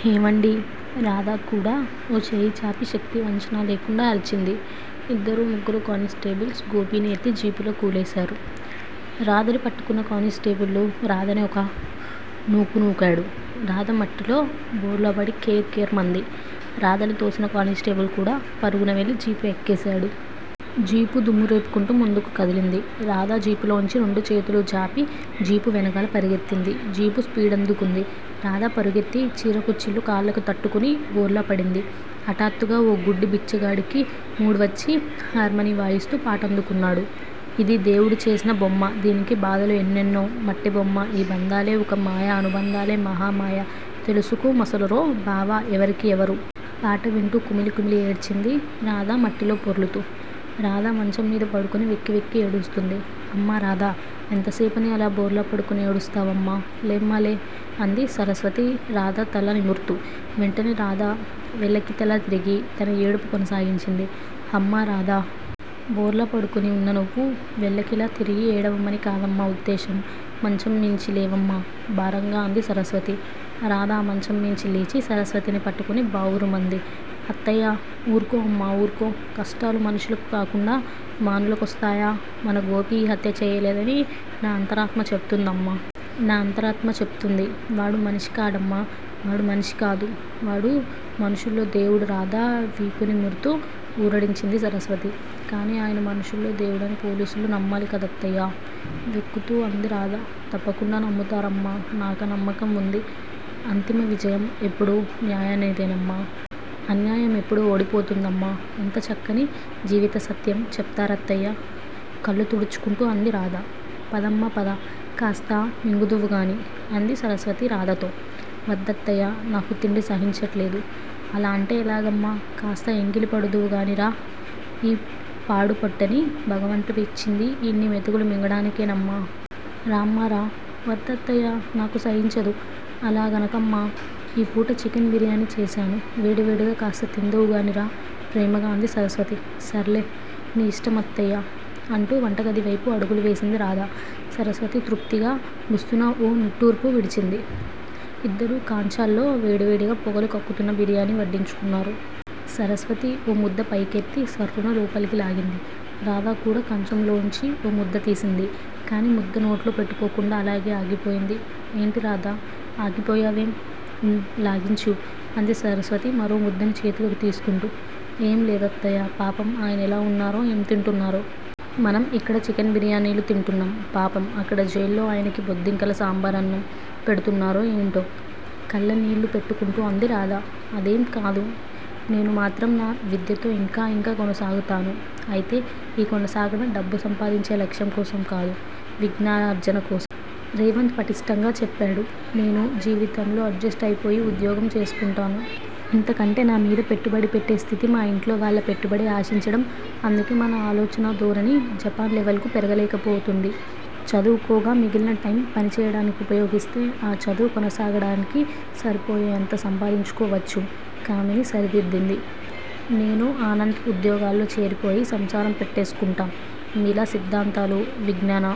హేవండీ రాధకూడా ఓ చెయ్యిచాపి శక్తివంచన లేకుండా అరిచింది. ఇద్దరు ముగ్గురు కానిస్టేబుల్స్ గోపిని ఎత్తి జీపులో కూలేశారు. రాధని పట్టుకున్న కానిస్టేబులు రాధని ఒక నూకునూకాడు. రాధమట్టిలో బోర్లాపడి కేర్ కేర్ మంది. రాధని తోసిన కానిస్టేబుల్ కూడా పరుగున వెళ్ళి జీపు ఎక్కేశాడు. జీపు దుమ్మురేపుకుంటూ ముందుకు కదిలింది. రాధా జీపులోంచి రెండు చేతులూ చాపి జీపు వెనకాల పరిగెత్తింది. జీపు స్పీడందుకుంది. రాధ పరుగెత్తి చీరకుచ్చిళ్ళు కాళ్ళకు తట్టుకుని బోర్లా పడింది. హఠాత్తుగా ఓ గుడ్డి బిచ్చగాడికి మూడ్ వచ్చి హార్మానీ వాయిస్తూ పాటందుకున్నాడు. ఇది దేవుడు చేసిన బొమ్మా దీనికి బాధలు ఎన్నెన్నో మట్టిబొమ్మా ఈ బంధాలే ఒక మాయా అనుబంధాలే మహా మాయా తెలుసుకు మసలరో బావా ఎవరికీ ఎవరూ??? పాట వింటూ కుమిలి కుమిలి ఏడ్చింది రాధ మట్టిలో పొర్లుతూ. రాధ మంచంమీద పడుకుని వెక్కివెక్కి ఏడుస్తూంది. అమ్మా రాధా. ఎంతసేపని అలా బోర్లాపడుకుని ఏడుస్తావమ్మా, లేమ్మాలే. అంది సరస్వతి రాధ తల నిముర్తూ. వెంటనే రాధ వెల్లకితలా దిగి తన ఏడుపు కొనసాగించింది. హమ్మా రాధా! బోర్లాపడుకుని ఉన్న నువ్వు వెల్లకిలా తిరిగి ఏడవమని కాదమ్మా ఉద్దేశం. మంచంమీంచి లేవమ్మా. భారంగా అంది సరస్వతి. రాధ మంచంమీంచి లేచి సరస్వతిని పట్టుకుని బావురుమంది. హత్తయ్యా ఊర్కో అమ్మా. ఊర్కో. కష్టాలు మనుషులకు కాకుండా మానులకొస్తాయా. మన గోపి ఈ హత్య చెయ్యలేదని నా అంతరాత్మ చెప్తుందమ్మా. నా అంతరాత్మ చెప్తుంది. వాడు మనిషి కాడమ్మా! వాడు మనిషి కాదు. వాడు మనుషుల్లో దేవుడు రాధ వీపునిముర్తూ ఊరడించింది సరస్వతి. కానీ ఆయన మనుషుల్లో దేవుడని పోలీసులు నమ్మాలి కదత్తయ్యా? వెక్కుతూ అంది రాధ తప్పకుండా నమ్ముతారమ్మా. నాకా నమ్మకం వుంది. అంతిమవిజయం ఎప్పుడూ న్యాయానిదేనమ్మా. అన్యాయం ఎప్పుడూ ఓడిపోతుందమ్మా. ఎంత చక్కని జీవితసత్యం చెప్తారత్తయ్యా. కళ్ళు తుడుచుకుంటూ అంది రాధ. పదమ్మా పద కాస్త మింగుదువుగాని అంది సరస్వతి రాధతో. వద్దత్తయ్యా. నాకు తిండి సహించట్లేదు. అలా అంటే ఎలాగమ్మా. కాస్త ఎంగిలిపడుదువుగానీ రా. ఈ పాడుపొట్టని భగవంతుడు ఇచ్చింది ఇన్ని మెతుకులు మింగడానికే నమ్మా. రామ్మా రా. వద్దత్తయ్యా నాకు సహించదు! అలాగనకమ్మా. ఈపూట చికెన్ బిర్యానీ చేసాను. వేడివేడిగా కాస్త తిందువుగానీ రా ప్రేమగా అంది సరస్వతి. సర్లే. నీ ఇష్టం అత్తయ్యా. అంటూ వంటగదివైపు అడుగులు వేసింది రాధ. సరస్వతి తృప్తిగా బుస్సున ఓ నిట్టూర్పు విడిచింది. ఇద్దరూ కాంచాల్లో వేడివేడిగా పొగలు కక్కుతున్న బిర్యానీవడ్డించుకున్నారు. సరస్వతి ఓముద్ద పైకెత్తి సర్రున లోపలికి లాగింది. రాధ కూడా కంచంలోంచి ఓ ముద్దతీసింది. కానీ ముద్ద నోట్లో పెట్టుకోకుండా అలాగే ఆగిపోయింది. ఏంటి రాధా. ఆగిపోయావేం? ఊ లాగించు అంది సరస్వతి మరో ముద్దని చేతిలోకి తీస్కుంటూ. ఏం లేదత్తయ్యా. పాపం ఆయనెలా ఉన్నారో ఏం తింటున్నారో? మనం ఇక్కడ చికెన్ బిర్యానీలు తింటున్నాం. పాపం! అక్కడ జైల్లో ఆయనకి బొద్దింకల సాంబారన్నం పెడ్తున్నారో ఏంటో! కళ్ళనీళ్ళు పెట్టుకుంటూ అంది రాధ. అదేంకాదు. నేను మాత్రం నా విద్యతో ఇంకా ఇంకా కొనసాగుతాను. అయితే ఈ కొనసాగడం డబ్బు సంపాదించే లక్ష్యం కోసం కాదు- విజ్ఞానార్జన కోసం! రేవంత్ పట్టిష్టంగా చెప్పాడు. నేను జీవితంలో అడ్జెస్ట్ అయిపోయి ఉద్యోగం చేసుకుంటాను. ఇంతకంటే నామీద పెట్టుబడి పెట్టే స్థితి మా ఇంట్లోవాళ్ళ పెట్టుబడి ఆశించడం! అందుకే మన ఆలోచనధోరణి జపాన్ లెవెల్ కు పెరగలేకపోతోంది. చదువుకోగా మిగిలిన టైమ్ పనిచేయడానికుపయోగిస్తే ఆ చదువు కొనసాగడానికి సరిపోయేంత సంపాదించుకోవచ్చు కామిని సరిదిద్దింది. నేనూ, ఆనంద్ ఉద్యోగాల్లో చేరిపోయి సంసారం పెట్టేసుకుంటాం. మీలా సిద్దాంతాలూ, విజ్ఞాన